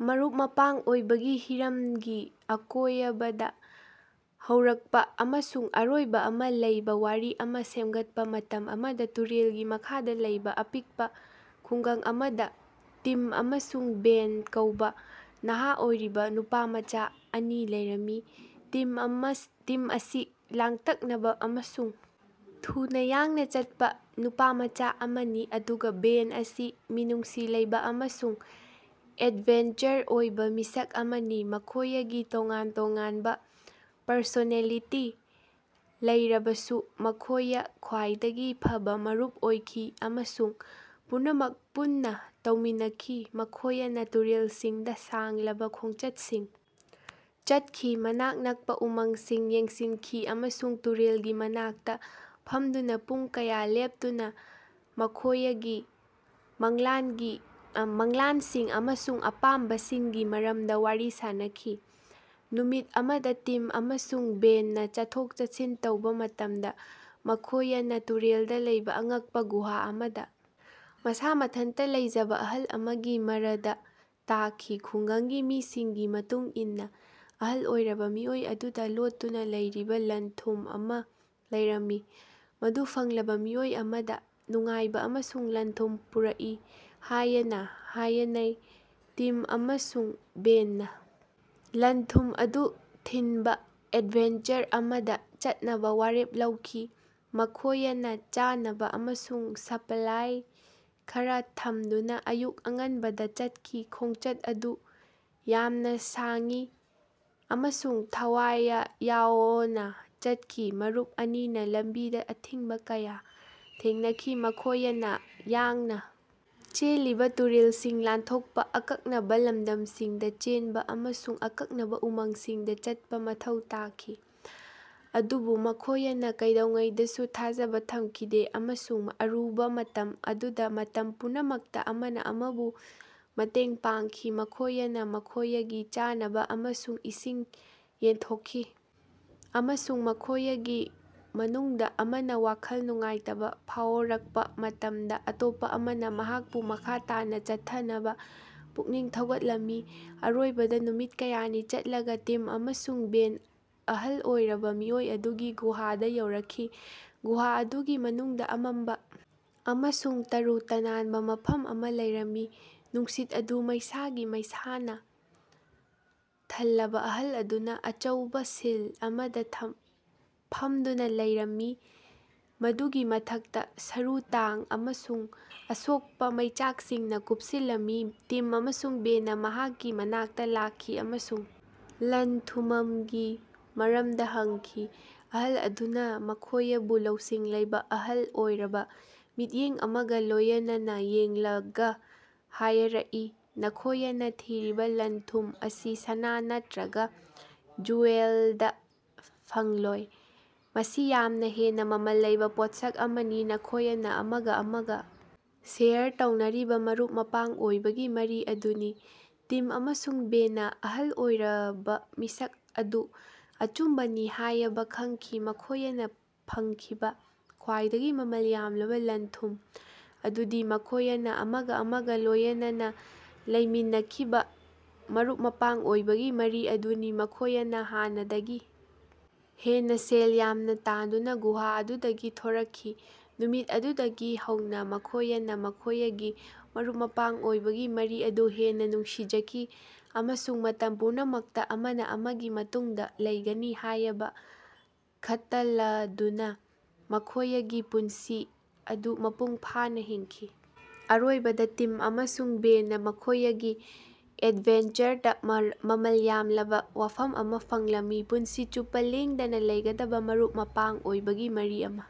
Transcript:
ꯃꯔꯨꯞ-ꯃꯄꯥꯡ ꯑꯣꯏꯕꯒꯤ ꯍꯤꯔꯝꯒꯤ ꯑꯀꯣꯌꯕꯗ ꯍꯧꯔꯛꯄ ꯑꯃꯁꯨꯡ ꯑꯔꯣꯏꯕ ꯑꯃ ꯂꯩꯕ ꯋꯥꯔꯤ ꯑꯃ ꯁꯦꯝꯒꯠꯄ꯫ ꯃꯇꯝ ꯑꯃꯗ ꯇꯨꯔꯦꯜꯒꯤ ꯃꯈꯥꯗ ꯂꯩꯕ ꯑꯄꯤꯛꯄ ꯈꯨꯡꯒꯪ ꯑꯃꯗ ꯇꯤꯝ ꯑꯃꯁꯨꯡ ꯕꯦꯟ ꯀꯧꯕ ꯅꯍꯥ ꯑꯣꯏꯔꯤꯕ ꯅꯨꯄꯥꯃꯆꯥ ꯑꯅꯤ ꯂꯩꯔꯝꯃꯤ꯫ ꯇꯤꯝ ꯑꯃꯥ ꯇꯤꯝ ꯁꯤ ꯂꯥꯡꯇꯛꯅꯕ ꯑꯃꯁꯨꯡ ꯊꯨꯅ ꯌꯥꯡꯅ ꯆꯠꯄ ꯅꯨꯄꯥꯃꯆꯥ ꯑꯃꯅꯤ, ꯑꯗꯨꯒ ꯕꯦꯟ ꯑꯁꯤ ꯃꯤꯅꯨꯡꯁꯤ ꯂꯩꯕ ꯑꯃꯁꯨꯡ ꯑꯦꯗꯚꯦꯟꯆꯔ ꯑꯣꯏꯕ ꯃꯤꯁꯛ ꯑꯃꯅꯤ꯫ ꯃꯈꯣꯌꯒꯤ ꯇꯣꯉꯥꯟ ꯇꯣꯉꯥꯟꯕ ꯄꯔꯁꯣꯅꯦꯂꯤꯇꯤ ꯂꯩꯔꯕꯁꯨ ꯃꯈꯣꯌ ꯈ꯭ꯋꯥꯏꯗꯒꯤ ꯐꯕ ꯃꯔꯨꯞ ꯑꯣꯏꯈꯤ ꯑꯃꯁꯨꯡ ꯄꯨꯝꯅꯃꯛ ꯄꯨꯟꯅ ꯇꯧꯃꯤꯟꯅꯈꯤ꯫ ꯃꯈꯣꯌꯅ ꯇꯨꯔꯦꯜꯁꯤꯡꯗ ꯁꯥꯡꯂꯕ ꯈꯣꯡꯆꯠꯁꯤꯡ ꯆꯠꯈꯤ, ꯃꯅꯥꯛ ꯅꯛꯄ ꯎꯃꯪꯁꯤꯡ ꯌꯦꯡꯁꯤꯟꯈꯤ ꯑꯃꯁꯨꯡ ꯇꯨꯔꯦꯜꯒꯤ ꯃꯅꯥꯛꯇ ꯐꯝꯗꯨꯅ ꯄꯨꯡ ꯀꯌꯥ ꯂꯦꯞꯇꯨꯅ ꯃꯈꯣꯌꯒꯤ ꯃꯪꯂꯥꯟꯒꯤ ꯃꯪꯂꯥꯟꯁꯤꯡ ꯑꯃꯁꯨꯡ ꯑꯄꯥꯝꯕꯁꯤꯡꯒꯤ ꯃꯔꯝꯗ ꯋꯥꯔꯤ ꯁꯥꯅꯈꯤ꯫ ꯅꯨꯃꯤꯠ ꯑꯃꯗ ꯇꯤꯝ ꯑꯃꯁꯨꯡ ꯕꯦꯟꯅ ꯆꯠꯊꯣꯛ-ꯆꯠꯁꯤꯟ ꯇꯧꯕ ꯃꯇꯝꯗ ꯃꯈꯣꯌꯅ ꯇꯨꯔꯦꯜꯗ ꯂꯩꯕ ꯑꯉꯛꯄ ꯒꯨꯍꯥ ꯑꯃꯗ ꯃꯁꯥ ꯃꯊꯟꯇ ꯂꯩꯖꯕ ꯑꯍꯜ ꯑꯃꯒꯤ ꯃꯔꯗ ꯇꯥꯈꯤ꯫ ꯈꯨꯡꯒꯪꯒꯤ ꯃꯤꯁꯤꯡꯒꯤ ꯃꯇꯨꯡ ꯏꯟꯅ ꯑꯍꯜ ꯑꯣꯏꯔꯕ ꯃꯤꯑꯣꯏ ꯑꯗꯨꯗ ꯂꯣꯠꯇꯨꯅ ꯂꯩꯔꯤꯕ ꯂꯟ-ꯊꯨꯝ ꯑꯃ ꯂꯩꯔꯝꯃꯤ, ꯃꯗꯨ ꯐꯪꯂꯕ ꯃꯤꯑꯣꯏ ꯑꯃꯗ ꯅꯨꯡꯉꯥꯏꯕ ꯑꯃꯁꯨꯡ ꯂꯟ-ꯊꯨꯝ ꯄꯨꯔꯛꯏ ꯍꯥꯌꯅ ꯍꯥꯌꯅꯩ꯫ ꯇꯤꯝ ꯑꯃꯁꯨꯡ ꯕꯦꯟꯅ ꯂꯟ-ꯊꯨꯝ ꯑꯗꯨ ꯊꯤꯟꯕ ꯑꯦꯗꯚꯦꯟꯆꯔ ꯑꯃꯗ ꯆꯠꯅꯕ ꯋꯥꯔꯦꯞ ꯂꯧꯈꯤ꯫ ꯃꯈꯣꯌꯅ ꯆꯥꯅꯕ ꯑꯃꯁꯨꯡ ꯁꯄꯂꯥꯏ ꯈꯔꯥ ꯊꯝꯗꯨꯅ ꯑꯌꯨꯛ ꯑꯉꯟꯕꯗ ꯆꯠꯈꯤ꯫ ꯈꯣꯡꯆꯠ ꯑꯗꯨ ꯌꯥꯝꯅ ꯁꯥꯡꯏ ꯑꯃꯁꯨꯡ ꯊꯋꯥꯌ ꯌꯥꯑꯣꯅ ꯆꯠꯈꯤ, ꯃꯔꯨꯞ ꯑꯅꯤꯅꯥ ꯂꯝꯕꯤꯗ ꯑꯊꯤꯡꯕ ꯀꯌꯥ ꯊꯦꯡꯅꯈꯤ꯫ ꯃꯈꯣꯌꯅ ꯌꯥꯡꯅ ꯆꯦꯜꯂꯤꯕ ꯇꯨꯔꯦꯜꯁꯤꯡ ꯂꯥꯟꯊꯣꯛꯄ, ꯑꯀꯛꯅꯕ ꯂꯝꯗꯝꯁꯤꯡꯗ ꯆꯦꯟꯕ ꯑꯃꯁꯨꯡ ꯑꯀꯛꯅꯕ ꯎꯃꯪꯁꯤꯡꯗ ꯆꯠꯄꯥ ꯃꯊꯧ ꯇꯥꯈꯤ꯫ ꯑꯗꯨꯕꯨ ꯃꯈꯣꯌꯅ ꯀꯩꯗꯧꯉꯩꯗꯁꯨ ꯊꯥꯖꯕ ꯊꯝꯈꯤꯗꯦ ꯑꯃꯁꯨꯡ ꯑꯔꯨꯕ ꯃꯇꯝ ꯑꯗꯨꯗ ꯃꯇꯝ ꯄꯨꯝꯅꯃꯛꯇ ꯑꯃꯅ ꯑꯃꯕꯨ ꯃꯇꯦꯡ ꯄꯥꯡꯈꯤ꯫ ꯃꯈꯣꯌꯅ ꯃꯈꯣꯌꯒꯤ ꯆꯥꯅꯕ ꯑꯃꯁꯨꯡ ꯏꯁꯤꯡ ꯌꯦꯟꯊꯣꯛꯈꯤ ꯑꯃꯁꯨꯡ ꯃꯈꯣꯌꯒꯤ ꯃꯅꯨꯡꯗ ꯑꯃꯅ ꯋꯥꯈꯜ ꯅꯨꯡꯉꯥꯏꯇꯕ ꯐꯥꯑꯣꯔꯛꯄ ꯃꯇꯝꯗ ꯑꯇꯣꯞꯄ ꯑꯃꯅ ꯃꯍꯥꯛꯄꯨ ꯃꯈꯥ ꯇꯥꯅ ꯆꯠꯊꯅꯕ ꯄꯨꯛꯅꯤꯡ ꯊꯧꯒꯠꯂꯝꯃꯤ꯫ ꯑꯔꯣꯏꯕꯗ ꯅꯨꯃꯤꯠ ꯀꯌꯥꯅꯤ ꯆꯠꯂꯒ ꯇꯤꯝ ꯑꯃꯁꯨꯡ ꯕꯦꯟ ꯑꯍꯜ ꯑꯣꯏꯔꯕ ꯃꯤꯑꯣꯏ ꯑꯗꯨꯒꯤ ꯒꯨꯍꯥꯗ ꯌꯧꯔꯛꯈꯤ꯫ ꯒꯨꯍꯥ ꯑꯗꯨꯒꯤ ꯃꯅꯨꯡꯗ ꯑꯃꯝꯕ ꯑꯃꯁꯨꯡ ꯇꯔꯨ ꯇꯅꯥꯟꯕ ꯃꯐꯝ ꯑꯃ ꯂꯩꯔꯝꯃꯤ, ꯅꯨꯡꯁꯤꯠ ꯑꯗꯨ ꯃꯩꯁꯥꯒꯤ ꯃꯩꯁꯥꯅ ꯊꯜꯂꯝꯃꯤ꯫ ꯑꯍꯜ ꯑꯗꯨꯅ ꯑꯆꯧꯕ ꯁꯤꯜ ꯑꯃꯗ ꯐꯝꯗꯨꯅ ꯂꯩꯔꯝꯃꯤ, ꯃꯗꯨꯒꯤ ꯃꯊꯛꯇ ꯁꯔꯨ ꯇꯥꯡ ꯑꯃꯁꯨꯡ ꯑꯁꯣꯛꯄ ꯃꯩꯆꯥꯛꯁꯤꯡꯅ ꯀꯨꯞꯁꯤꯜꯂꯝꯃꯤ꯫ ꯇꯤꯝ ꯑꯃꯁꯨꯡ ꯕꯦꯟꯅ ꯃꯍꯥꯛꯀꯤ ꯃꯅꯥꯛꯇ ꯂꯥꯛꯈꯤ ꯑꯃꯁꯨꯡ ꯂꯟ-ꯊꯨꯃꯝꯒꯤ ꯃꯔꯝꯗ ꯍꯪꯈꯤ꯫ ꯑꯍꯜ ꯑꯗꯨꯅ ꯃꯈꯣꯌꯕꯨ ꯂꯧꯁꯤꯡ ꯂꯩꯕ, ꯑꯍꯜ ꯑꯣꯏꯔꯕ ꯃꯤꯠꯌꯦꯡ ꯑꯃꯒ ꯂꯣꯌꯅꯅ ꯌꯦꯡꯂꯒ ꯍꯥꯌꯔꯛꯏ, "ꯅꯈꯣꯌꯅ ꯊꯤꯔꯤꯕ ꯂꯟ-ꯊꯨꯝ ꯑꯁꯤ ꯁꯅꯥ ꯅꯠꯇ꯭ꯔꯒ ꯖꯨꯌꯦꯜꯗ ꯐꯪꯂꯣꯏ꯫ ꯃꯁꯤ ꯌꯥꯝꯅ ꯍꯦꯟꯅꯥ ꯃꯃꯜ ꯂꯩꯕ ꯄꯣꯠꯁꯛ ꯑꯃꯅꯤ꯫ ꯅꯈꯣꯌꯅ ꯑꯃꯒ ꯑꯃꯒ ꯁꯦꯌꯔ ꯇꯧꯅꯔꯤꯕ ꯃꯔꯨꯞ-ꯃꯄꯥꯡ ꯑꯣꯏꯕꯒꯤ ꯃꯔꯤ ꯑꯗꯨꯅꯤ꯫" ꯇꯤꯝ ꯑꯃꯁꯨꯡ ꯕꯦꯟꯅ ꯑꯍꯜ ꯑꯣꯏꯔꯕꯥꯃꯤꯁꯛ ꯑꯗꯨ ꯑꯆꯨꯝꯕꯅꯤ ꯍꯥꯌꯕ ꯈꯪꯈꯤ꯫ ꯃꯈꯣꯌꯅ ꯐꯪꯈꯤꯕ ꯈ꯭ꯋꯥꯏꯗꯒꯤ ꯃꯃꯜ ꯌꯥꯝꯂꯕ ꯂꯟ-ꯊꯨꯝ ꯑꯗꯨꯗꯤ ꯃꯈꯣꯌꯅ ꯑꯃꯒ ꯑꯃꯒ ꯂꯣꯌꯅꯅ ꯂꯩꯃꯤꯟꯅꯈꯤꯕ ꯃꯔꯨꯞ-ꯃꯄꯥꯡ ꯑꯣꯏꯕꯒꯤ ꯃꯔꯤ ꯑꯗꯨꯅꯤ꯫ ꯃꯈꯣꯌꯅ ꯍꯥꯟꯅꯗꯒꯤ ꯍꯦꯟꯅ ꯁꯦꯜ ꯌꯥꯝꯅꯥ ꯇꯥꯟꯗꯨꯅ ꯒꯨꯍꯥ ꯑꯗꯨꯗꯒꯤ ꯊꯣꯔꯛꯈꯤ꯫ ꯅꯨꯃꯤꯠ ꯑꯗꯨꯗꯒꯤ ꯍꯧꯅ ꯃꯈꯣꯌꯅ ꯃꯈꯣꯌꯒꯤ ꯃꯔꯨꯞ-ꯃꯄꯥꯡ ꯑꯣꯏꯕꯒꯤ ꯃꯔꯤ ꯑꯗꯨ ꯍꯦꯟꯅ ꯅꯨꯡꯁꯤꯖꯈꯤ ꯑꯃꯁꯨꯡ ꯃꯇꯝ ꯄꯨꯝꯅꯃꯛꯇ ꯑꯃꯅ ꯑꯃꯒꯤ ꯃꯇꯨꯡꯗ ꯂꯩꯒꯅꯤ ꯍꯥꯌꯕ ꯈꯇꯂꯗꯨꯅ ꯃꯈꯣꯌꯒꯤ ꯄꯨꯟꯁꯤ ꯑꯗꯨ ꯃꯄꯨꯡ ꯐꯥꯅ ꯍꯤꯡꯈꯤ꯫ ꯑꯔꯣꯏꯕꯗ ꯇꯤꯝ ꯑꯃꯁꯨꯡ ꯕꯦꯟꯅ ꯃꯈꯣꯌꯒꯤ ꯑꯦꯗꯚꯦꯟꯆꯔꯗ ꯃꯃꯜ ꯌꯥꯝꯂꯕ ꯋꯥꯐꯝ ꯑꯃ ꯐꯪꯂꯝꯃꯤ: ꯄꯨꯟꯁꯤ ꯆꯨꯞꯄ ꯂꯦꯡꯗꯅ ꯂꯩꯒꯗꯕ ꯃꯔꯨꯞ-ꯃꯄꯥꯡ ꯑꯣꯏꯕꯒꯤ ꯃꯔꯤ ꯑꯃ꯫